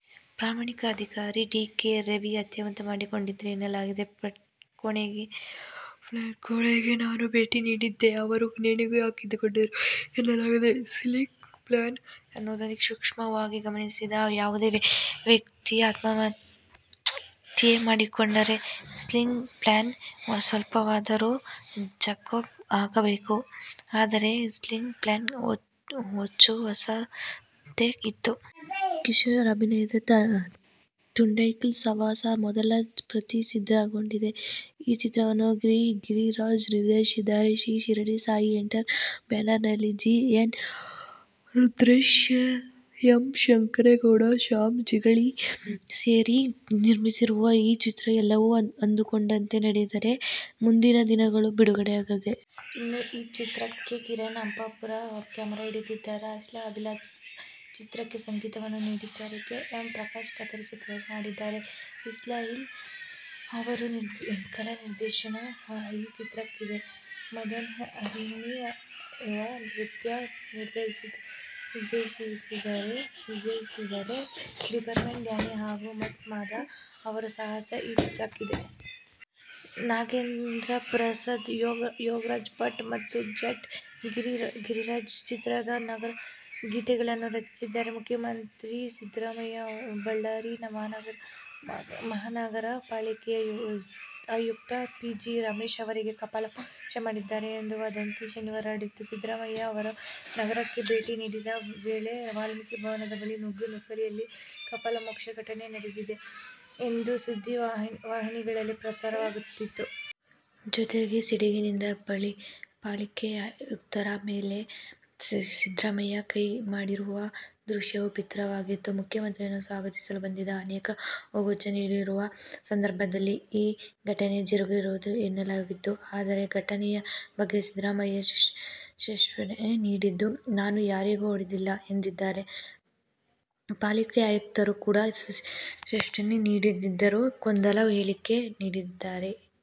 ಪ್ರಾಮಾಣಿಕ ಅಧಿಕಾರಿ D. K. Ravi ಆತ್ಮಹತ್ಯೆ ಮಾಡಿಕೊಂಡರು ಎನ್ನಲಾದ ಫ್ಲ್ಯಾಟ್ನ ಕೋಣೆಗೆ ನಾನು ಭೇಟಿ ನೀಡಿದ್ದೆ. ಅವರು ನೇಣು ಹಾಕಿಕೊಂಡರು ಎನ್ನಲಾದ ಸೀಲಿಂಗ್ ಫ್ಯಾನ್ ಅನ್ನು ಸೂಕ್ಷ್ಮವಾಗಿ ಗಮನಿಸಿದೆ. ಯಾವುದೇ ವ್ಯಕ್ತಿ ಆತ್ಮಹತ್ಯೆ ಮಾಡಿಕೊಂಡರೆ ಸಿಲಿಂಗ್ ಫ್ಯಾನ್ ಸ್ವಲ್ಪವಾದರೂ ಜಖಂ ಆಗಬೇಕು. ಆದರೆ ಆ ಸೀಲಿಂಗ್ ಫ್ಯಾನ್ ಹೊಚ್ಚ ಹೊಸತರಂತೆ ಇತ್ತು. ಕಿಶೋರ್ ಅಭಿನಯದ "ತುಂಡ್ಹೈಕ್ಳ ಸಾವಾಸ' ಚಿತ್ರದ ಮೊದಲ ಪ್ರತಿ ಸಿದ್ಧಗೊಂಡಿದೆ. ಈ ಚಿತ್ರವನ್ನು ಗಿರಿರಾಜ್ ನಿರ್ದೇಶಿಸಿದ್ದಾರೆ. ಶ್ರೀ ಶಿರಡಿ ಸಾಯಿ ಎಂಟರ್ಟ್ರೆ"ನರ್ ಬ್ಯಾನರ್ನಲ್ಲಿ G. N. Rudresh, M. Shankaregowda, Shyam Jigali ಸೇರಿ ನಿರ್ಮಿಸುತ್ತಿರುವ ಈ ಚಿತ್ರ ಎಲ್ಲವೂ ಅಂದುಕೊಂಡಂತೆ ನಡೆದರೆ ಮುಂದಿನ ತಿಂಗಳು ಬಿಡುಗಡೆಯಾಗಲಿದೆ. ಇನ್ನು, ಈ ಚಿತ್ರಕ್ಕೆ ಕಿರಣ್ ಹಂಪಾಪುರ ಕ್ಯಾಮೆರಾ ಹಿಡಿದಿದ್ದಾರೆ. ಆಶ್ಲೆ ಅಭಿಲಾಶ್ ಚಿತ್ರಕ್ಕೆ ಸಂಗೀತವನ್ನು ನೀಡಿದ್ದಾರೆ. ಕೆ. ಎಂ. ಪ್ರಕಾಶ್ ಕತ್ತರಿ ಪ್ರಯೋಗ ಮಾಡಿದರೆ, ಇಸ್ಮಾಯಿಲ್ ಅವರ ಕಲಾನಿರ್ದೇಶನ ಈ ಚಿತ್ರಕ್ಕಿದೆ. ಮದನ್-ಹರಿಣಿಯವ ನೃತ್ಯ ನಿರ್ದೇಶಿಸಿದರೆ, ಡಿಫರೆಂಟ್ ಡ್ಯಾನಿ ಹಾಗು ಮಾಸ್ ಮಾದ ಅವರ ಸಾಹಸ ಈ ಚಿತ್ರಕ್ಕಿದೆ. ನಾಗೇಂದ್ರ ಪ್ರಸಾದ್, ಯೋಗರಾಜ್ ಭಟ್ ಮತ್ತು ಜಟ್ಟ ಗಿರಿರಾಜ್ ಚಿತ್ರದ ಗೀತೆಗಳನ್ನು ರಚಿಸಿದ್ದಾರೆ. ಮುಖ್ಯಮಂತ್ರಿ ಸಿದ್ದರಾಮಯ್ಯ ಬಳ್ಳಾರಿ ಮಹಾನಗರ ಪಾಲಿಕೆಯ ಆಯುಕ್ತಪಿ. ಜಿ. ರಮೇಶ್ ಅವರಿಗೆ ಕಪಾಳ ಮೋಕ್ಷಾ ಮಾಡಿದ್ದಾರೆ ಎಂಬ ವದಂತಿ ಶನಿವಾರಹರಡಿತ್ತು. ಸಿದ್ದರಾಮಯ್ಯ ಅವರು ನಗರಕ್ಕೆ ಭೇಟಿ ನೀಡಿದ ವೇಳೆ ವಾಲ್ಮೀಕಿ ಭವನದಬಳಿ ನೂಕುನುಗ್ಗಲಿನಲ್ಲಿ ಕಪಾಳ ಮೋಕ್ಷ ಘಟನೆ ನಡೆದಿದೆ ಎಂದು ಸುದ್ದಿವಾಹಿನಗಳಲ್ಲಿಪ್ರಸಾರವಾಗಿತ್ತು. ಜೊತೆಗೆ ಸಿಡುಕಿನಿಂದ ಪಾಲಿಕೆ ಆಯುಕ್ತರ ಮೇಲೆ ಸಿದ್ದರಾಮಯ್ಯಕೈ ಮಾಡಿದಂತಿರುವ ದೃಶ್ಯವೂ ಬಿತ್ತರವಾಗಿತ್ತು. ಮುಖ್ಯಮಂತ್ರಿಯನ್ನು ಸ್ವಾಗತಿಸಲುಬಂದಿದ್ದ ಅನೇಕರು ಹೂಗುತ್ಛ ನೀಡುತ್ತಿರುವ ಸಂದರ್ಭದಲ್ಲಿ ಈ ಘಟನೆ ಜರುಗಿದೆಎನ್ನಲಾಗಿತ್ತು. ಆದರೆ, ಘಟನೆಯ ಬಗ್ಗೆ ಸಿದ್ದರಾಮಯ್ಯ ಸ್ಪಷ್ಟನೆ ನೀಡಿದ್ದು, ನಾನು ಯಾರಿಗೂ ಹೊಡೆದಿಲ್ಲ ಎಂದಿದ್ದಾರೆ. ಪಾಲಿಕೆ ಆಯುಕ್ತರು ಕೂಡ ಸ್ಪಷ್ಟನೆನೀಡಿದ್ದಾರಾದರೂ ಗೊಂದಲದ ಹೇಳಿಕೆ ನೀಡಿದ್ದಾರೆ.